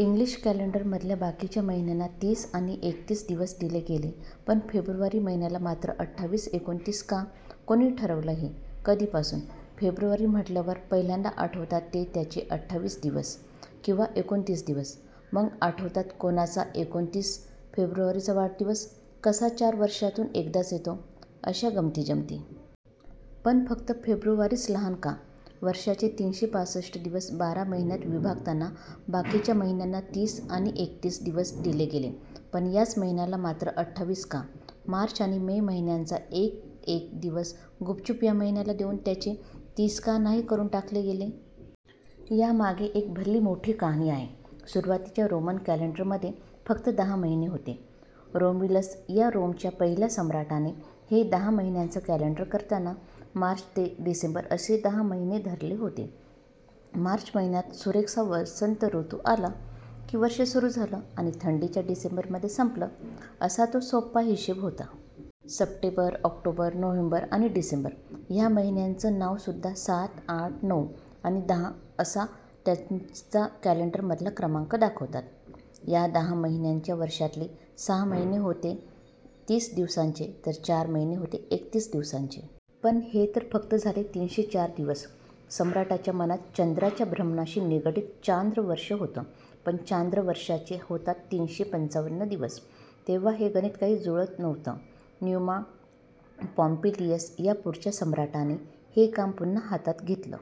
English कॅलेंडरमधल्या बाकीच्या महिन्यांना तीस आणि एकतीस दिवस दिले गेले, पण फेब्रुवारी महिन्याला मात्र अठ्ठावीस एकोणतीस का? कोणी ठरवलं हे? कधीपासून? फेब्रुवारी म्हटल्यावर पहिल्यांदा आठवतात ते त्याचे अठ्ठावीस दिवस किंवा एकोणतीस दिवस. मग आठवतात कोणाचा एकोणतीस फेब्रुवारीचा वाढदिवस कसा चार वर्षांतून एकदाच येतो, अशा गमतीजमती. पण फक्त फेब्रुवारीच लहान का? वर्षाचे तीनशे पासष्ट दिवस बारा महिन्यात विभागताना बाकीच्या महिन्यांना तीस आणि एकतीस दिवस दिले गेले, पण याच महिन्याला मात्र अठ्ठावीस का? मार्च आणि मे महिन्यांचा एक एक दिवस गुपचुप या महिन्याला देऊन त्याचे तीस का नाही करून टाकले गेले? यामागे एक भली मोठ्ठी कहाणी आहे. सुरुवातीच्या रोमन कॅलेंडरमध्ये फक्त दहा महिने होते. रोम्युलस या रोमच्या पहिल्या सम्राटाने हे दहा महिन्यांचं कॅलेंडर करताना मार्च ते डिसेंबर असे दहा महिने धरले होते. मार्च महिन्यात सुरेखसा वसंत ऋतू आला की वर्ष सुरू झालं आणि थंडीच्या डिसेंबरमध्ये संपलं, असा तो सोपा हिशेब होता. सप्टेंबर, ऑक्टोबर, नोव्हेंबर, आणि डिसेंबर ह्या महिन्यांची नावंसुद्धा सात, आठ, नऊ, आणि दहा असा त्यांचा कॅलेंडरमधला क्रमांक दाखवतात. या दहा महिन्यांच्या वर्षातले सहा महिने होते तीस दिवसांचे तर चार महिने होते एकतीस दिवसांचे. पण हे तर फक्त झाले तीनशे चार दिवस. सम्राटाच्या मनात चंद्राच्या भ्रमणाशी निगडित चांद्र वर्षं होतं. पण चांद्र वर्षाचे होतात तीनशे पंचावन्न दिवस. तेव्हा हे गणित काही जुळत नव्हतं. न्यूमा पॉम्पीलियस या पुढच्या सम्राटाने हे काम पुन्हा हातात घेतलं.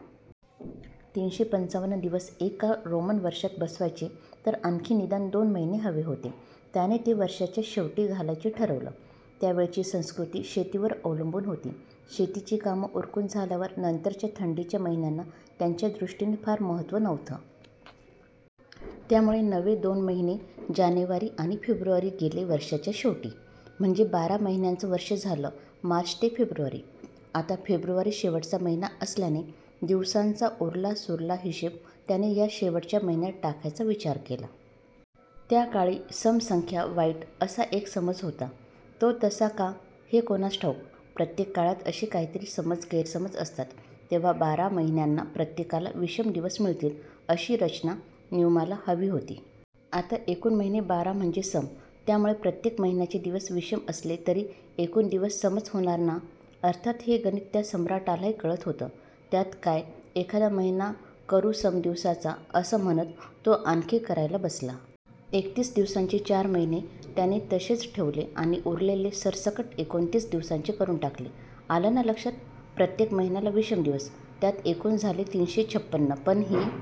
तीनशे पंचावन्न दिवस एका रोमन वर्षात बसवायचे तर आणखी निदान दोन महिने हवे होते. त्याने ते वर्षाच्या शेवटी घालायचे ठरवलं. त्यावेळची संस्कृती शेतीवर अवलंबून होती. शेतीची कामं उरकून झाल्यावर नंतरच्या थंडीच्या महिन्यांना त्यांच्या दृष्टीने फार महत्त्व नव्हतं. त्यामुळे नवे दोन महिने जानेवारी आणि फेब्रुवारी गेले वर्षाच्या शेवटी. म्हणजे बारा महिन्यांचं वर्ष झालं मार्च ते फेब्रुवारी. आता फेब्रुवारी शेवटचा महिना असल्याने दिवसांचा उरलासुरला हिशेब त्याने या शेवटच्या महिन्यात टाकायचा विचार केला. त्या काळी सम संख्या वाईट असा एक समज होता. तो तसा का, हे कुणास ठाऊक. प्रत्येक काळात असे काहीतरी समज-गैरसमज असतात. तेव्हा बारा महिन्यांना प्रत्येकाला विषम दिवस मिळतील, अशी रचना न्यूमाला हवी होती. आता एकूण महिने बारा म्हणजे सम. त्यामुळे प्रत्येक महिन्याचे दिवस विषम असले तरी एकूण दिवस समच होणार ना? अर्थात, हे गणित त्या सम्राटालाही कळत होतं. त्यात काय, एखादा महिना करू सम दिवसाचा, असं म्हणत तो आखणी करायला बसला. एकतीस दिवसांचे चार महिने त्याने तसेच ठेवले आणि उरलेले सरसकट एकोणतीस दिवसांचे करून टाकले. आलं ना लक्षात, प्रत्येक महिन्याला विषम दिवस. त्यात एकूण झाले तीनशे छ्प्पन. पण ही